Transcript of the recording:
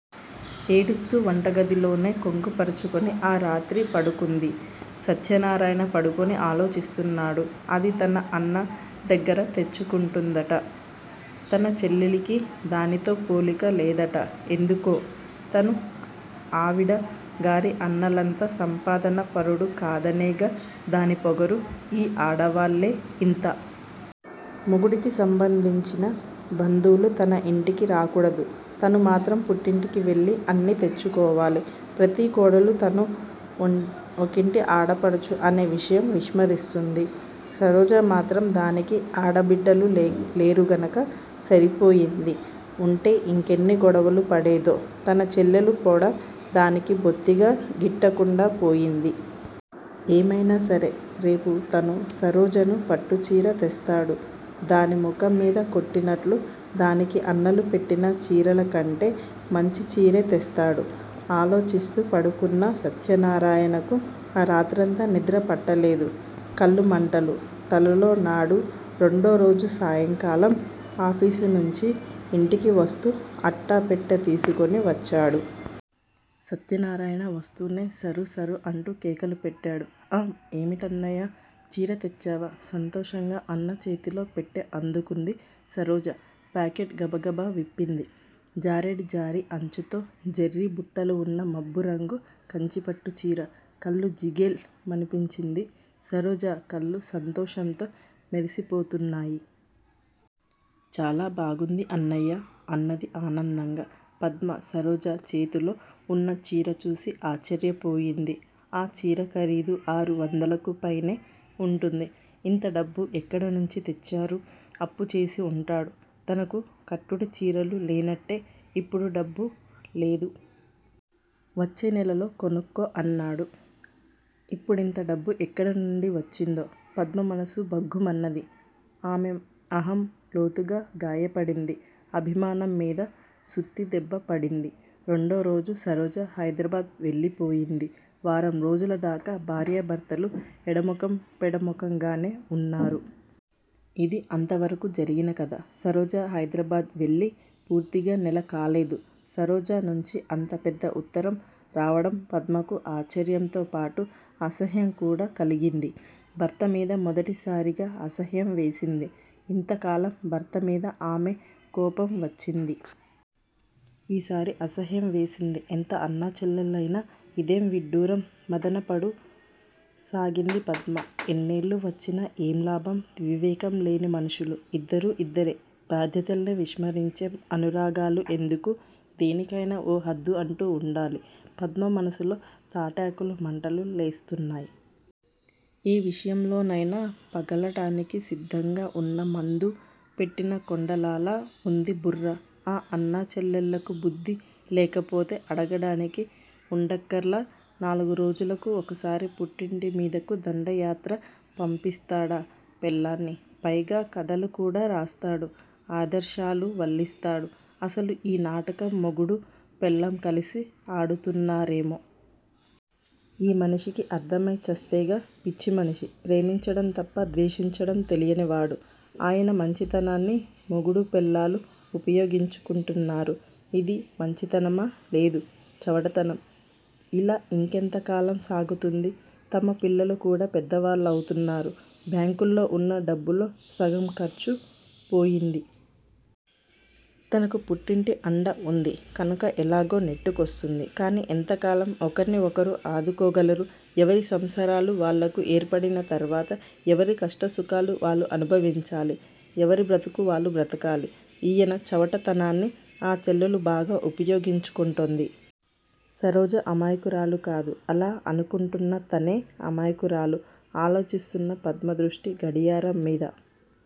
ఏడుస్తూ వంటింట్లోనే కొంగు పరచుకొని ఆ రాత్రి పడుకుంది. సత్యనారాయణ పడుకొని ఆలోచిస్తున్నాడు. అది తన అన్న దగ్గర తెచ్చుకుంటుందట, తన చెల్లెలికి దానితో పోలిక లేదట. ఎందుకో? తను ఆవిడ గారి అన్నలంత సంపాదనా పరుడు కాదనేగా దాని పొగరు? ఈ ఆడవాళ్ళే ఇంత! మొగుడికి సంబంధించిన బంధువులు తన ఇంటికి రాకూడదు. తను మాత్రం పుట్టింటికి వెళ్ళి అన్నీ తెచ్చుకోవాలి. ప్రతి కోడలూ తనూ ఒకింటి ఆడపడుచు అనే విషయం విస్మరిస్తుంది. సరోజ మాత్రం? దానికి ఆడ బిడ్డలు లేరుగనుక సరిపోయింది. ఉంటే ఇంకెన్ని గొడవలు పడేదో? తన చెల్లెలు పోడ దీనికి బొత్తిగా గిట్టకుండా పోయింది. ఏమైనా సరే రేపు తను సరోజను పట్టుచీర తెస్తాడు. దాని ముఖం మీద కొట్టినట్టు, దానికి అన్నలు పెట్టిన చీరల కంటే మంచి చీరే తెస్తాడు. ఆలోచిస్తూ పడుకున్న సత్యనారాయణకు ఆరాత్రంతా నిద్ర పట్టలేదు కళ్ళు మంటలు. తలలో నాదు. రెండో రోజు సాయంకాలం ఆఫీసు నుంచి ఇంటికి వస్తూ అట్ట పెట్టె తీసుకొని వచ్చాడు. సత్యనారాయణ. వస్తూనే సరూ! సరూ! అంటూ కేకలు పెట్టాడు. ఆఁ ఏమిటన్నయ్యా? చీర తెచ్చావా? సంతోషంగా అన్న చేతిలో పెట్టె అందుకుంది సరోజ. పాకెట్ గబగబా విప్పింది. జానెడు జరీ అంచుతో, జరీ బుట్టాలువున్న మబ్బురంగు కంచిపట్టు చీర. కళ్ళు జిగేల్ మనిపించింది. సరోజ కళ్ళు సంతోషంతో మెరిసిపోతున్నాయి. చాలా బాగుంది అన్నయ్యా! అన్నది ఆనందంగా. పద్మ సరోజ చేతుల్లో వున్న చీర చూసి ఆశ్చర్యపోయింది. ఆ చీర ఖరీదు ఆరు వందలకు పైనే వుంటుంది. ఇంత డబ్బు ఎక్కడ నుంచి తెచ్చారు? అప్పు చేసి వుంటాడు. తనకు కట్టుడు చీరలు లేనంటే ఇప్పుడు డబ్బు లేదు. వచ్చే నెలలో కొనుక్కో అన్నాడు! ఇప్పుడింత డబ్బు ఎక్కడి నుండి వచ్చిందో? పద్మ మనసు భగ్గుమన్నది. ఆమె అహం లోతుగా గాయపడింది. అభిమానం మీద సుత్తి దెబ్బ పడింది! రెండో రోజు సరోజ హైదరాబాద్ వెళ్ళిపోయింది. వారం రోజుల దాకా భార్యా భర్తలు ఎడముఖం పెడ ముఖంగానే వున్నారు! ఇదీ అంతవరకు జరిగిన కధ! సరోజ హైదరాబాద్ వెళ్ళి పూర్తిగా నెల కాలేదు! సరోజ నుంచి అంత పెద్ద ఉత్తరం రావడం పద్మకు ఆశ్చర్యంతో పాటు, అసహ్యం కూడా కలిగింది, భర్త మీద మొదటిసారిగా అసహ్యం వేసింది! ఇంత కాలం భర్త మీద ఆమె కోపం వచ్చింది! ఈసారి అసహ్యం వేసింది. ఎంత అన్నా చెళ్ళెలైణా ఇదేం విడ్డూరం. మధన పడు సాగింది పద్మ! ఎన్నేళ్ళు వచ్చినా ఏం లాభం! వివేకం లేని మనుషులు! ఇద్దరూ ఇద్దరే! బాధ్యతల్ని విస్మరించే అనురాగాలు ఎందుకు? దేనికైనా ఓ హద్దు అంటూ వుండాలి! పద్మ మనసులో తాటాకులు మంటలు లేస్తునాయ్! ఏ నిమిషంలోనైనా పగలటానికి సిద్ధంగా వున్న మందు పెట్టిన కొండలాలా వుంది బుర్ర! ఆ అన్న చెల్లెళ్ళకు బుద్ధి లేకపోతే అడగాడికి వుండక్కర్లా? నాలుగు రోజులకు ఒకసారి పుట్టింటి మీదకు దండయాత్ర పంపిస్తాడా పెళ్ళాన్ని? పైగా కధలు కూడా రాస్తాడు! ఆదర్శాలు వల్లిస్తాడు! అసలు ఈ నాటకం మొగుడూ పెళ్ళాం కలిసే ఆడుతున్నా రేమో? ఈ మనిషికి అర్థం అయి చస్తేగా! పిచ్చి మనిషి! ప్రేమించడం తప్ప ద్వేషించడం తెలియనివాడు! ఆయన మంచితనాన్ని మొగుడూ పెళ్ళాలు ఉపయోగించుకుంటున్నారు! ఇది మంచి తనమా? లేదు. చవటతనం! ఇలా ఇంకెంత కాలం సాగుతుంది? తమ పిల్లలూ పెద్ద వాళ్ళవుతున్నారు! బ్యాంకులో వున్న డబ్బులో సగం ఖర్చు పోయింది! తనకు పుట్టింటి అండ వుంది! కనుక ఎలాగో నెట్టుకొస్తుంది! కానీ ఎంతకాలం ఒకర్ని ఒకరు ఆదుకోగలరు? ఎవరి సంసారాలు వాళ్ళకు ఏర్పడిన తర్వాత ఎవరి కష్ట సుఖాలు వాళ్ళు అనుభవించాలి! ఎవరి బ్రతుకు వాళ్ళు బ్రతకాలి! ఈయన చవట తనాన్ని ఆ చెల్లెలు బాగా ఉపయోగించుకుంటోంది! సరోజ అమాయకురాలుకాదు! అలా అనుకున్న తనే అమాయకురాలు. ఆలోచిస్తున్న పద్మ దృష్టి గడియారం మీద